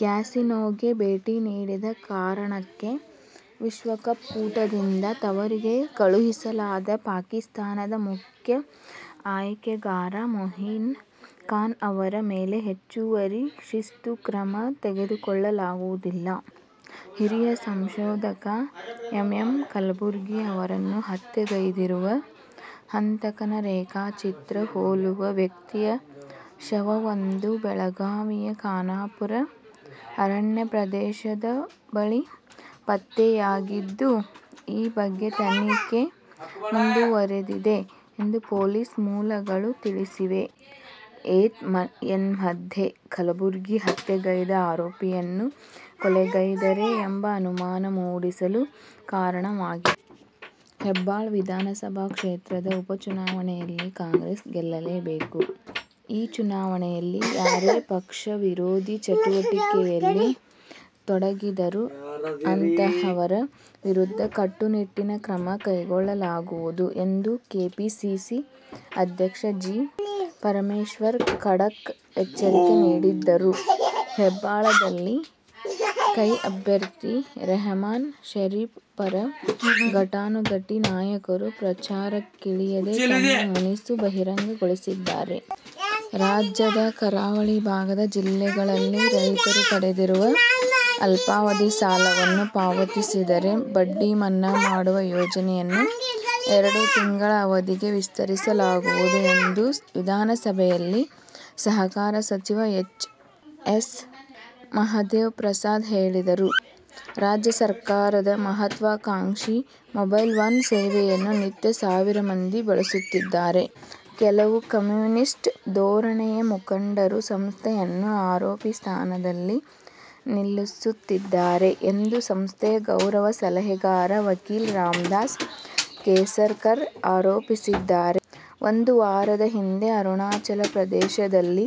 ಕ್ಯಾಸಿನೋಗೆ ಭೇಟಿ ನೀಡಿದ ಕಾರಣಕ್ಕೆ ವಿಶ್ವ ಕಪ್ ಕೂಟದಿಂದ ತವರಿಗೆ ಕಳುಹಿಸಲಾದ ಪಾಕಿಸ್ಥಾನದ ಮುಖ್ಯ ಆಯ್ಕೆಗಾರ ಮೊಯಿನ್ ಖಾನ್ ಅವರ ಮೇಲೆ ಹೆಚ್ಚುವರಿ ಶಿಸ್ತು ಕ್ರಮ ತೆಗೆದುಕೊಳ್ಳಲಾಗುವುದಿಲ್ಲ. ಹಿರಿಯ ಸಂಶೋಧಕ ಎಂಎಂ ಕಲಬುರ್ಗಿ ಅವರನ್ನು ಹತ್ಯೆಗೈದಿರುವ ಹಂತಕನ ರೇಖಾಚಿತ್ರ ಹೋಲುವ ವ್ಯಕ್ತಿಯ ಶವವೊಂದು ಬೆಳಗಾವಿಯ ಖಾನಾಪುರ ಅರಣ್ಯ ಪ್ರದೇಶದ ಬಳಿ ಪತ್ತೆಯಾಗಿದ್ದು, ಈ ಬಗ್ಗೆ ತನಿಖೆ ಮುಂದುವರಿದಿದೆ ಎಂದು ಪೊಲೀಸ್ ಮೂಲಗಳು ತಿಳಿಸಿವೆ. ಏತನ್ಮಧ್ಯೆ ಕಲಬುರ್ಗಿ ಹತ್ಯೆಗೈದ ಆರೋಪಿಯನ್ನು ಕೊಲೆಗೈದರೇ ಎಂಬ ಅನುಮಾನ ಮೂಡಿಸಲು ಕಾರಣವಾಗಿದೆ. ಹೆಬ್ಬಾಳ ವಿಧಾನಸಭಾ ಕ್ಷೇತ್ರದ ಉಪಚುನಾವಣೆಯಲ್ಲಿ ಕಾಂಗ್ರೆಸ್ ಗೆಲ್ಲಲೇಬೇಕು. ಈ ಚುನಾವಣೆಯಲ್ಲಿ ಯಾರೇ ಪಕ್ಷ ವಿರೋಧಿ ಚಟುವಟಿಕೆಯಲ್ಲಿ ತೊಡಗಿದರೂ ಅಂತಹವರ ವಿರುದ್ಧ ಕಟ್ಟುನಿಟ್ಟಿನ ಕ್ರಮ ಕೈಗೊಳ್ಳಲಾಗುವುದು ಎಂದು ಕೆಪಿಸಿಸಿ ಅಧ್ಯಕ್ಷ ಜಿ. ಪರಮೇಶ್ವರ್ ಖಡಕ್ ಎಚ್ಚರಿಕೆ ನೀಡಿದ್ದರೂ ಹೆಬ್ಬಾಳದಲ್ಲಿ ಕೈ ಅಭ್ಯರ್ಥಿ ರೆಹಮಾನ್ ಷರೀಫ್ ಪರ ಘಟಾನುಘಟಿ ನಾಯಕರು ಪ್ರಚಾರಕ್ಕಿಳಿಯದೆ ತಮ್ಮ ಮುನಿಸು ಬಹಿರಂಗಗೊಳಿಸಿದ್ದಾರೆ. ರಾಜ್ಯದ ಕರಾವಳಿ ಭಾಗದ ಜಿಲ್ಲೆಗಳಲ್ಲಿ ರೈತರು ಪಡೆದಿರುವ ಅಲ್ಪಾವಧಿ ಸಾಲವನ್ನು ಪಾವತಿಸಿದರೆ ಬಡ್ಡಿ ಮನ್ನಾ ಮಾಡುವ ಯೋಜನೆಯನ್ನು ಎರಡು ತಿಂಗಳ ಅವಧಿಗೆ ವಿಸ್ತರಿಸಲಾಗುವುದು ಎಂದು ವಿಧಾನಸಭೆಯಲ್ಲಿ ಸಹಕಾರ ಸಚಿವ ಎಚ್. ಎಸ್. ಮಹದೇವಪ್ರಸಾದ್ ಹೇಳಿದರು. ರಾಜ್ಯ ಸರ್ಕಾರದ ಮಹತ್ವಾಕಾಂಕ್ಷಿ "ಮೊಬೈಲ್-ಒನ್' ಸೇವೆಯನ್ನು ನಿತ್ಯ ಸಾವಿರ ಮಂದಿ ಬಳಸುತ್ತಿದ್ದಾರೆ. ಕೆಲವು ಕಮ್ಯುನಿಸ್ಟ್ ಧೋರಣೆಯ ಮುಖಂಡರು ಸಂಸ್ಥೆಯನ್ನು ಆರೋಪಿ ಸ್ಥಾನದಲ್ಲಿ ನಿಲ್ಲಿಸುತ್ತಿದ್ದಾರೆ ಎಂದು ಸಂಸ್ಥೆಯ ಗೌರವ ಸಲಹೆಗಾರ, ವಕೀಲ ರಾಮದಾಸ ಕೇಸರಕರ್ ಆರೋಪಿಸಿದ್ದಾರೆ. ಒಂದು ವಾರದ ಹಿಂದೆ ಅರುಣಾಚಲ ಪ್ರದೇಶದಲ್ಲಿ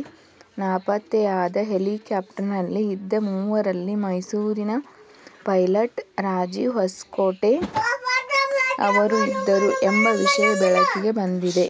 ನಾಪತ್ತೆಯಾದ ಹೆಲಿಕಾಪ್ಟರ್ನಲ್ಲಿ ಇದ್ದ ಮೂವರಲ್ಲಿ ಮೈಸೂರಿನ ಪೈಲಟ್ ರಾಜೀವ್ ಹೊಸಕೋಟೆ ಅವರೂ ಇದ್ದರು ಎಂಬ ವಿಷಯ ಬೆಳಕಿಗೆ ಬಂದಿದೆ.